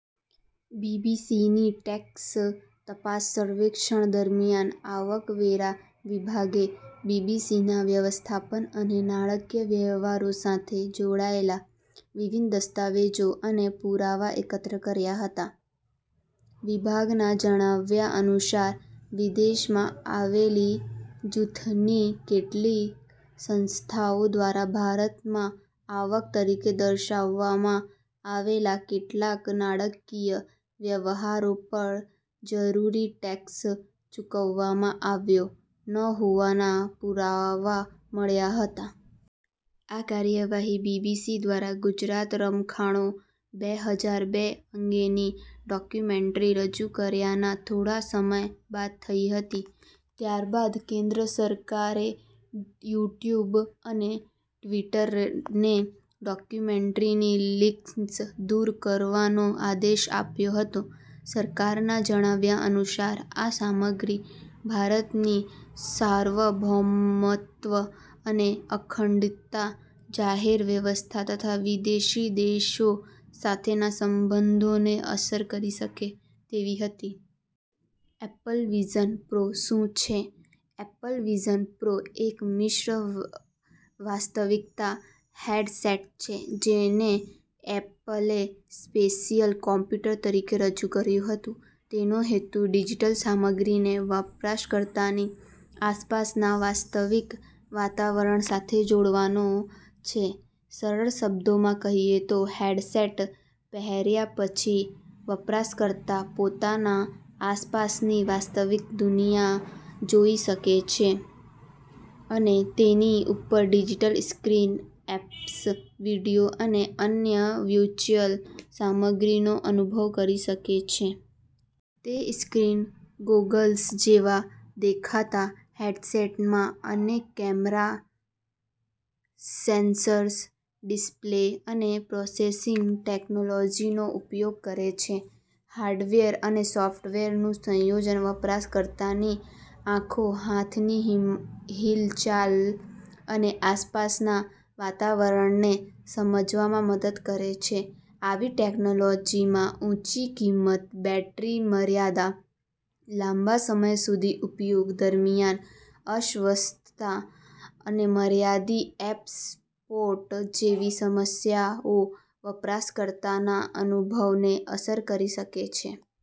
બીબીસીની tax તપાસ સર્વેક્ષણ દરમિયાન આવકવેરા વિભાગે બીબીસીના વ્યવસ્થાપન અને નાણાકીય વ્યવહારો સાથે જોડાયેલા વિવિધ દસ્તાવેજો અને પુરાવા એકત્ર કર્યા હતા. વિભાગના જણાવ્યા અનુસાર, વિદેશમાં આવેલી જૂથની કેટલીક સંસ્થાઓ દ્વારા ભારતમાં આવક તરીકે દર્શાવવામાં આવેલા કેટલાક નાણાકીય વ્યવહારો પર જરૂરી ટેક્સ ચૂકવવામાં આવ્યો ન હોવાના પુરાવા મળ્યા હતા. આ કાર્યવાહી બીબીસી દ્વારા ગુજરાત રમખાણો, બે હજાર બે અંગેની ડોક્યુમેન્ટ્રી રજૂ કર્યાના થોડા સમય બાદ થઈ હતી. ત્યારબાદ કેન્દ્ર સરકારે યુટ્યુબ અને ટ્વિટરને ડોક્યુમેન્ટ્રીની લિંક્સ દૂર કરવાનો આદેશ આપ્યો હતો. સરકારના જણાવ્યા અનુસાર, આ સામગ્રી ભારતની સાર્વભૌમત્વ અને અખંડિતતા, જાહેર વ્યવસ્થા તથા વિદેશી દેશો સાથેના સંબંધોને અસર કરી શકે તેવી હતી. એપલ વિઝન પ્રો શું છે? એપલ વિઝન પ્રો એક મિશ્ર-વાસ્તવિકતા હેડસેટ છે, જેને એપલે “સ્પેશિયલ કમ્પ્યુટર” તરીકે રજૂ કર્યું હતું. તેનો હેતુ ડિજિટલ સામગ્રીને વપરાશકર્તાની આસપાસના વાસ્તવિક વાતાવરણ સાથે જોડવાનો છે. સરળ શબ્દોમાં કહીએ તો, હેડસેટ પહેર્યા પછી વપરાશકર્તા પોતાના આસપાસની વાસ્તવિક દુનિયા જોઈ શકે છે અને તેની ઉપર ડિજિટલ સ્ક્રીન, એપ્સ, વીડિયો અને અન્ય વર્ચ્યુઅલ સામગ્રીનો અનુભવ કરી શકે છે. તે સ્કી ગોગલ્સ જેવા દેખાતા હેડસેટમાં અનેક કેમેરા, સેન્સર્સ, ડિસ્પ્લે અને પ્રોસેસિંગ ટેક્નોલોજીનો ઉપયોગ કરે છે. હાર્ડવેર અને સોફ્ટવેરનું સંયોજન વપરાશકર્તાની આંખો, હાથની હિલચાલ અને આસપાસના વાતાવરણને સમજવામાં મદદ કરે છે. આવી ટેક્નોલોજીમાં ઊંચી કિંમત, બેટરી મર્યાદા, લાંબા સમય સુધી ઉપયોગ દરમિયાન અસ્વસ્થતા અને મર્યાદિત એપ સપોર્ટ જેવી સમસ્યાઓ વપરાશકર્તાના અનુભવને અસર કરી શકે છે.